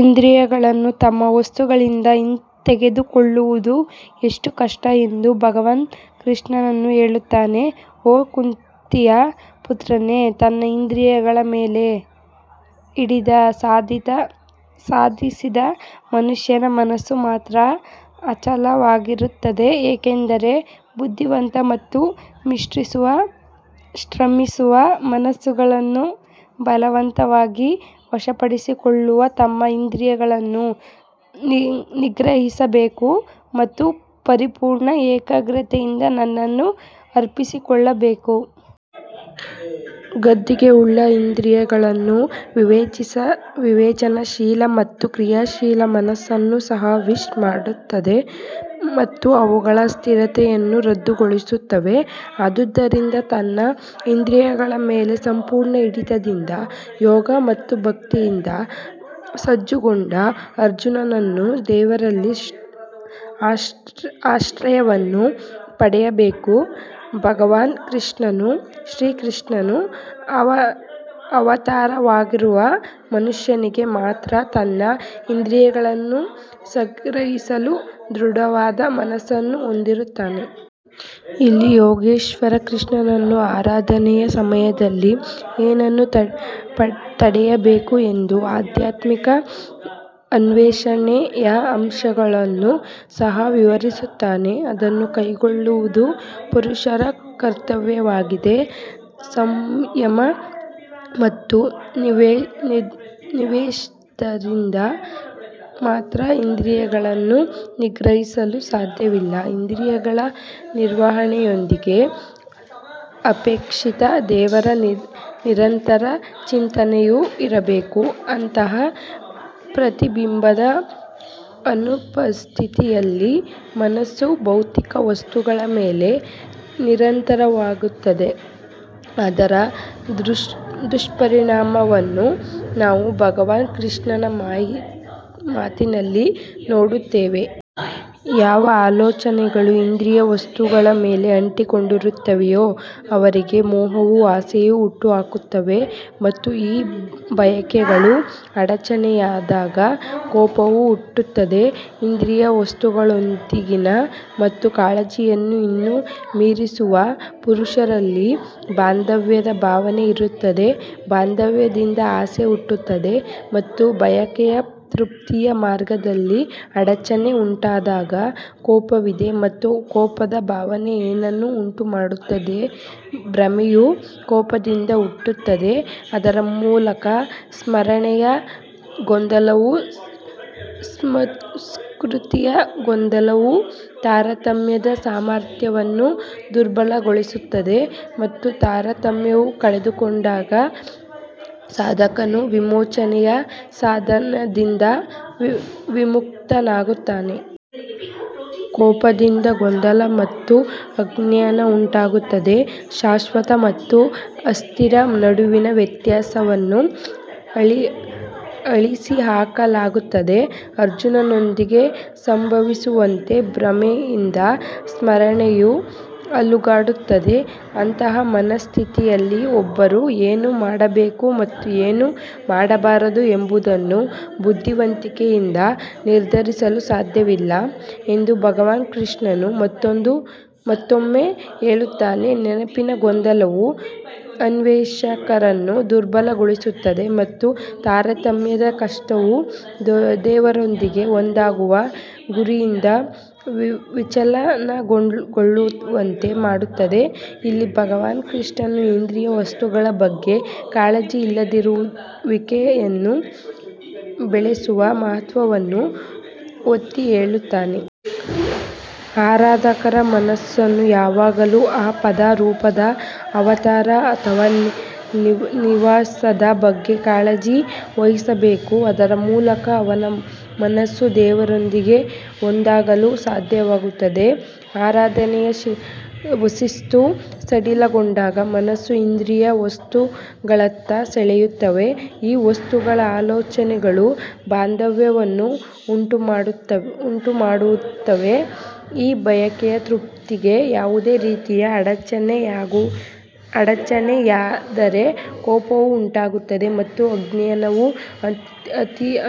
ಇಂದ್ರಿಯಗಳನ್ನು ತಮ್ಮ ವಸ್ತುಗಳಿಂದ ಹಿಂತೆಗೆದುಕೊಳ್ಳುವುದು ಎಷ್ಟು ಕಷ್ಟ ಎಂದು ಭಗವಾನ್ ಕೃಷ್ಣನು ಹೇಳುತ್ತಾನೆ ಓ ಕುಂತಿಯ ಪುತ್ರನೇ, ತನ್ನ ಇಂದ್ರಿಯಗಳ ಮೇಲೆ ಹಿಡಿತ ಸಾಧಿಸಿದ ಮನುಷ್ಯನ ಮನಸ್ಸು ಮಾತ್ರ ಅಚಲವಾಗಿರುತ್ತದೆ ಏಕೆಂದರೆ ಬುದ್ಧಿವಂತ ಮತ್ತು ಶ್ರಮಿಸುವ ಮನಸ್ಸುಗಳನ್ನು ಬಲವಂತವಾಗಿ ವಶಪಡಿಸಿಕೊಳ್ಳುವ ತಮ್ಮ ಇಂದ್ರಿಯಗಳನ್ನು ನಿಗ್ರಹಿಸಬೇಕು ಮತ್ತು ಪರಿಪೂರ್ಣ ಏಕಾಗ್ರತೆಯಿಂದ ನನ್ನನ್ನು ಅರ್ಪಿಸಿಕೊಳ್ಳಬೇಕು. ದಂಗೆಯುಳ್ಳ ಇಂದ್ರಿಯಗಳು ವಿವೇಚನಾಶೀಲ ಮತ್ತು ಕ್ರಿಯಾಶೀಲ ಮನಸ್ಸನ್ನು ಸಹ ವಿಶ್ ಮಾಡುತ್ತವೆ ಮತ್ತು ಅವುಗಳ ಸ್ಥಿರತೆಯನ್ನು ರದ್ದುಗೊಳಿಸುತ್ತವೆ ಆದುದರಿಂದ ತನ್ನ ಇಂದ್ರಿಯಗಳ ಮೇಲೆ ಸಂಪೂರ್ಣ ಹಿಡಿತದಿಂದ ಯೋಗ ಮತ್ತು ಭಕ್ತಿಯಿಂದ ಸಜ್ಜುಗೊಂಡ ಅರ್ಜುನನು ದೇವರಲ್ಲಿ ಆಶ್ರಯವನ್ನು ಪಡೆಯಬೇಕು, ಭಗವಾನ್ ಶ್ರೀಕೃಷ್ಣನು ಅವತಾರವಾಗಿರುವ ಮನುಷ್ಯನಿಗೆ ಮಾತ್ರ ತನ್ನ ಇಂದ್ರಿಯಗಳನ್ನು ನಿಗ್ರಹಿಸಿದ ದೃಢವಾದ ಮನಸ್ಸನ್ನು ಹೊಂದಿದ್ದಾನೆ. ಇಲ್ಲಿ ಯೋಗೇಶ್ವರ ಕೃಷ್ಣನು ಆರಾಧನೆಯ ಸಮಯದಲ್ಲಿ ಏನನ್ನು ತಡೆಯಬೇಕು ಮತ್ತು ಆಧ್ಯಾತ್ಮಿಕ ಅನ್ವೇಷಣೆಯ ಅಂಶಗಳನ್ನು ಸಹ ವಿವರಿಸುತ್ತಾನೆ ಅದನ್ನು ಕೈಗೊಳ್ಳುವುದು ಪುರುಷರ ಕರ್ತವ್ಯವಾಗಿದೆ. ಸಂಯಮ ಮತ್ತು ನಿಷೇಧದಿಂದ ಮಾತ್ರ ಇಂದ್ರಿಯಗಳನ್ನು ನಿಗ್ರಹಿಸಲು ಸಾಧ್ಯವಿಲ್ಲ ಇಂದ್ರಿಯಗಳ ನಿರಾಕರಣೆಯೊಂದಿಗೆ ಅಪೇಕ್ಷಿತ ದೇವರ ನಿರಂತರ ಚಿಂತನೆಯೂ ಇರಬೇಕು ಅಂತಹ ಪ್ರತಿಬಿಂಬದ ಅನುಪಸ್ಥಿತಿಯಲ್ಲಿ ಮನಸ್ಸು ಭೌತಿಕ ವಸ್ತುಗಳ ಮೇಲೆ ನಿರತವಾಗುತ್ತದೆ ಅದರ ದುಷ್ಪರಿಣಾಮವನ್ನು ನಾವು ಭಗವಾನ್ ಕೃಷ್ಣನ ಮಾತಿನಲ್ಲಿ ನೋಡುತ್ತೇವೆ. ಯಾರ ಆಲೋಚನೆಗಳು ಇಂದ್ರಿಯ ವಸ್ತುಗಳ ಮೇಲೆ ಅಂಟಿಕೊಂಡಿವೆಯೋ ಅವರಿಗೆ ಮೋಹವು ಆಸೆಗಳನ್ನು ಹುಟ್ಟುಹಾಕುತ್ತದೆ ಮತ್ತು ಈ ಬಯಕೆಗಳು ಅಡಚಣೆಯಾದಾಗ ಕೋಪವು ಹುಟ್ಟುತ್ತದೆ. ಇಂದ್ರಿಯ ವಸ್ತುಗಳೊಂದಿಗಿನ ತಮ್ಮ ಕಾಳಜಿಯನ್ನು ಇನ್ನೂ ಮೀರಿಸಿರುವ ಪುರುಷರಲ್ಲಿ ಬಾಂಧವ್ಯದ ಭಾವನೆ ಇರುತ್ತದೆ ಬಾಂಧವ್ಯದಿಂದ ಆಸೆ ಹುಟ್ಟುತ್ತದೆ ಮತ್ತು ಬಯಕೆಯ ತೃಪ್ತಿಯ ಮಾರ್ಗದಲ್ಲಿ ಅಡಚಣೆ ಉಂಟಾದಾಗ ಕೋಪವಿದೆ ಮತ್ತು ಕೋಪದ ಭಾವನೆ ಏನನ್ನು ಉಂಟುಮಾಡುತ್ತದೆ ಭ್ರಮೆಯು ಕೋಪದಿಂದ ಹುಟ್ಟುತ್ತದೆ, ಅದರ ಮೂಲಕ ಸ್ಮರಣೆಯ ಗೊಂದಲವು ಸ್ಮೃತಿಯ ಗೊಂದಲವು ತಾರತಮ್ಯದ ಸಾಮರ್ಥ್ಯವನ್ನು ದುರ್ಬಲಗೊಳಿಸುತ್ತದೆ ಮತ್ತು ತಾರತಮ್ಯವನ್ನು ಕಳೆದುಕೊಂಡಾಗ ಸಾಧಕನು ವಿಮೋಚನೆಯ ವಿಧಾನದಿಂದ ವಿಮುಖನಾಗುತ್ತಾನೆ. ಕೋಪದಿಂದ ಗೊಂದಲ ಮತ್ತು ಅಜ್ಞಾನ ಉಂಟಾಗುತ್ತದೆ ಶಾಶ್ವತ ಮತ್ತು ಅಸ್ಥಿರ ನಡುವಿನ ವ್ಯತ್ಯಾಸವನ್ನು ಅಳಿಸಿಹಾಕಲಾಗುತ್ತದೆ ಅರ್ಜುನನೊಂದಿಗೆ ಸಂಭವಿಸುವಂತೆ ಭ್ರಮೆಯಿಂದ ಸ್ಮರಣೆಯು ಅಲುಗಾಡುತ್ತದೆ ಅಂತಹ ಮನಸ್ಥಿತಿಯಲ್ಲಿ ಒಬ್ಬರು ಏನು ಮಾಡಬೇಕು ಮತ್ತು ಏನು ಮಾಡಬಾರದು ಎಂಬುದನ್ನು ಬುದ್ಧಿವಂತಿಕೆಯಿಂದ ನಿರ್ಧರಿಸಲು ಸಾಧ್ಯವಿಲ್ಲ ಎಂದು ಭಗವಾನ್ ಕೃಷ್ಣನು ಮತ್ತೊಮ್ಮೆ ಹೇಳುತ್ತಾನೆ ನೆನಪಿನ ಗೊಂದಲವು ಅನ್ವೇಷಕರನ್ನು ದುರ್ಬಲಗೊಳಿಸುತ್ತದೆ ಮತ್ತು ತಾರತಮ್ಯದ ನಷ್ಟವು ದೇವರೊಂದಿಗೆ ಒಂದಾಗುವ ಗುರಿಯಿಂದ ವಿಚಲನಗೊಳ್ಳುವಂತೆ ಮಾಡುತ್ತದೆ ಇಲ್ಲಿ ಭಗವಾನ್ ಕೃಷ್ಣನು ಇಂದ್ರಿಯ ವಸ್ತುಗಳ ಬಗ್ಗೆ ಕಾಳಜಿಯಿಲ್ಲದಿರುವಿಕೆಯನ್ನು ಬೆಳೆಸುವ ಮಹತ್ವವನ್ನು ಒತ್ತಿಹೇಳಿದ್ದಾನೆ. ಆರಾಧಕರ ಮನಸ್ಸು ಯಾವಾಗಲೂ ಆ ಪದ ರೂಪದ ಅವತಾರ ಅಥವಾ ನಿವಾಸದ ಬಗ್ಗೆ ಕಾಳಜಿ ವಹಿಸಬೇಕು, ಅದರ ಮೂಲಕ ಅವನ ಮನಸ್ಸು ದೇವರೊಂದಿಗೆ ಒಂದಾಗಲು ಸಾಧ್ಯವಾಗುತ್ತದೆ. ಆರಾಧನೆಯ ಶಿಸ್ತು ಸಡಿಲಗೊಂಡಾಗ ಮನಸ್ಸು ಇಂದ್ರಿಯ ವಸ್ತುಗಳತ್ತ ಸೆಳೆಯುತ್ತದೆ ಈ ವಸ್ತುಗಳ ಆಲೋಚನೆಗಳು ಬಾಂಧವ್ಯವನ್ನು ಉಂಟುಮಾಡುತ್ತವೆ, ಅದು ತನ್ನದೇ ಆದ ಸರದಿಯಲ್ಲಿ ಅವರಿಗೆ ಬಯಕೆಯನ್ನು ಉಂಟುಮಾಡುತ್ತದೆ ಈ ಬಯಕೆಯ ತೃಪ್ತಿಗೆ ಯಾವುದೇ ರೀತಿಯಲ್ಲಿ ಅಡಚಣೆಯಾದರೆ ಕೋಪವು ಉಂಟಾಗುತ್ತದೆ ಮತ್ತು ಅಜ್ಞಾನವು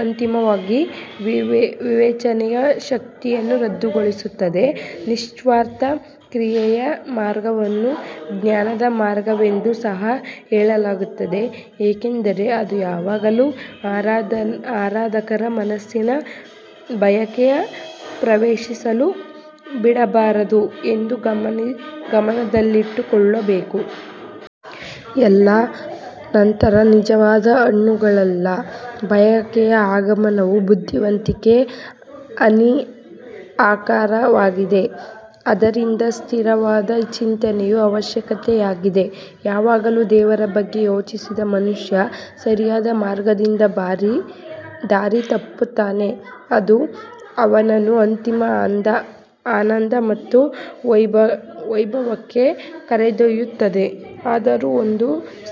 ಅಂತಿಮವಾಗಿ ವಿವೇಚನೆಯ ಶಕ್ತಿಯನ್ನು ರದ್ದುಗೊಳಿಸುತ್ತದೆ ನಿಸ್ವಾರ್ಥ ಕ್ರಿಯೆಯ ಮಾರ್ಗವನ್ನು ಜ್ಞಾನದ ಮಾರ್ಗವೆಂದು ಸಹ ಹೇಳಲಾಗುತ್ತದೆ ಏಕೆಂದರೆ ಅದು ಯಾವಾಗಲೂ ಆರಾಧಕರ ಮನಸ್ಸಿನಲ್ಲಿ ಬಯಕೆಯನ್ನು ಪ್ರವೇಶಿಸಲು ಬಿಡಬಾರದು ಎಂದು ಗಮನದಲ್ಲಿಟ್ಟುಕೊಳ್ಳಬೇಕು. ಎಲ್ಲಾ ನಂತರ ನಿಜವಾದ ಹಣ್ಣುಗಳಿಲ್ಲ ಬಯಕೆಯ ಆಗಮನವು ಬುದ್ಧಿವಂತಿಕೆಗೆ ಹಾನಿಕಾರಕವಾಗಿದೆ ಆದ್ದರಿಂದ ಸ್ಥಿರವಾದ ಚಿಂತನೆಯು ಅವಶ್ಯಕವಾಗಿದೆ ಯಾವಾಗಲೂ ದೇವರ ಬಗ್ಗೆ ಯೋಚಿಸದ ಮನುಷ್ಯನು ಸರಿಯಾದ ಮಾರ್ಗದಿಂದ ದಾರಿ ತಪ್ಪುತ್ತಾನೆ, ಅದು ಅವನನ್ನು ಅಂತಿಮ ಆನಂದ ಮತ್ತು ವೈಭವಕ್ಕೆ ಕರೆದೊಯ್ಯುತ್ತದೆ. ಆದರೂ ಒಂದು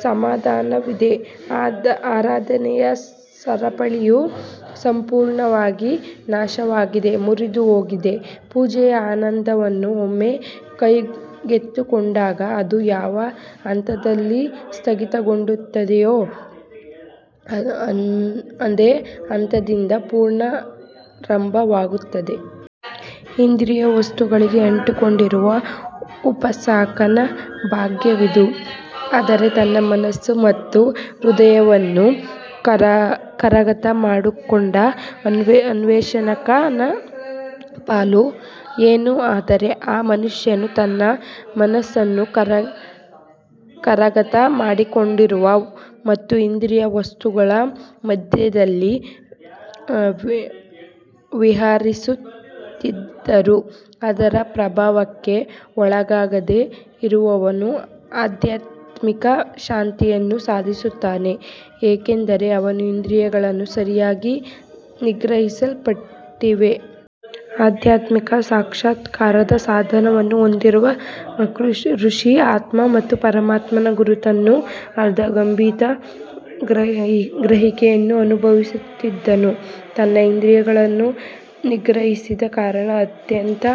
ಸಮಾಧಾನವಿದೆ ಆರಾಧನೆಯ ಸರಪಳಿಯು ಸಂಪೂರ್ಣವಾಗಿ ನಾಶವಾಗದೆ ಮುರಿದುಹೋಗಿದೆ ಪೂಜೆಯ ಆನಂದವನ್ನು ಒಮ್ಮೆ ಕೈಗೆತ್ತಿಕೊಂಡಾಗ ಅದು ಯಾವ ಹಂತದಲ್ಲಿ ಸ್ಥಗಿತಗೊಂಡಿತೋ ಅದೇ ಹಂತದಿಂದ ಪುನರಾರಂಭವಾಗುತ್ತದೆ. ಇಂದ್ರಿಯ ವಸ್ತುಗಳಿಗೆ ಅಂಟಿಕೊಂಡಿರುವ ಉಪಾಸಕನ ಭಾಗ್ಯವಿದು ಆದರೆ ತನ್ನ ಮನಸ್ಸು ಮತ್ತು ಹೃದಯವನ್ನು ಕರಗತ ಮಾಡಿಕೊಂಡ ಅನ್ವೇಷಕನ ಪಾಲು ಏನು ಆದರೆ ಆ ಮನುಷ್ಯನು ತನ್ನ ಮನಸ್ಸನ್ನು ಕರಗತ ಮಾಡಿಕೊಂಡಿರುವ ಮತ್ತು ಇಂದ್ರಿಯ ವಸ್ತುಗಳ ಮಧ್ಯದಲ್ಲಿ ವಿಹರಿಸುತ್ತಿದ್ದರೂ ಅದರ ಪ್ರಭಾವಕ್ಕೆ ಒಳಗಾಗದೇ ಇರುವವನು ಆಧ್ಯಾತ್ಮಿಕ ಶಾಂತಿಯನ್ನು ಸಾಧಿಸುತ್ತಾನೆ ಏಕೆಂದರೆ ಅವನ ಇಂದ್ರಿಯಗಳು ಸರಿಯಾಗಿ ನಿಗ್ರಹಿಸಲ್ಪಟ್ಟಿವೆ. ಆಧ್ಯಾತ್ಮಿಕ ಸಾಕ್ಷಾತ್ಕಾರದ ಸಾಧನವನ್ನು ಹೊಂದಿರುವ ಋಷಿ ಆತ್ಮ ಮತ್ತು ಪರಮಾತ್ಮನ ಗುರುತನ್ನು ಅರ್ಥಗರ್ಭಿತ ಗ್ರಹಿಕೆಯನ್ನು ಅನುಭವಿಸಿದವನು ತನ್ನ ಇಂದ್ರಿಯಗಳನ್ನು ನಿಗ್ರಹಿಸಿದ ಕಾರಣ ಅತ್ಯಂತ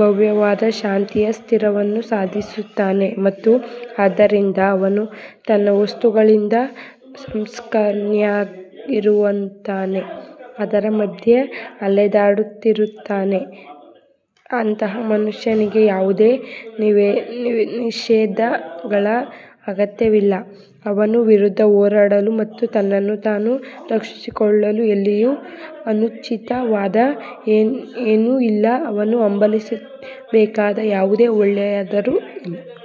ಭವ್ಯವಾದ ಶಾಂತಿಯ ಸ್ಥಿತಿಯನ್ನು ಸಾಧಿಸುತ್ತಾನೆ ಮತ್ತು ಆದ್ದರಿಂದ ಅವನು ತನ್ನ ವಸ್ತುಗಳಿಂದ ಅಸ್ಪೃಶ್ಯನಾಗಿರುತ್ತಾನೆ. ಅವರ ಮಧ್ಯೆ ಅಲೆದಾಡುತ್ತಿದ್ದಾರೆ ಅಂತಹ ಮನುಷ್ಯನಿಗೆ ಯಾವುದೇ ನಿಷೇಧಗಳ ಅಗತ್ಯವಿಲ್ಲ ಅವನ ವಿರುದ್ಧ ಹೋರಾಡಲು ಮತ್ತು ತನ್ನನ್ನು ತಾನು ರಕ್ಷಿಸಿಕೊಳ್ಳಲು ಎಲ್ಲಿಯೂ ಅನುಚಿತವಾದ ಏನೂ ಇಲ್ಲ ಅವನು ಹಂಬಲಿಸಬೇಕಾದ ಯಾವುದೇ ಒಳ್ಳೆಯದೂ ಇಲ್ಲ.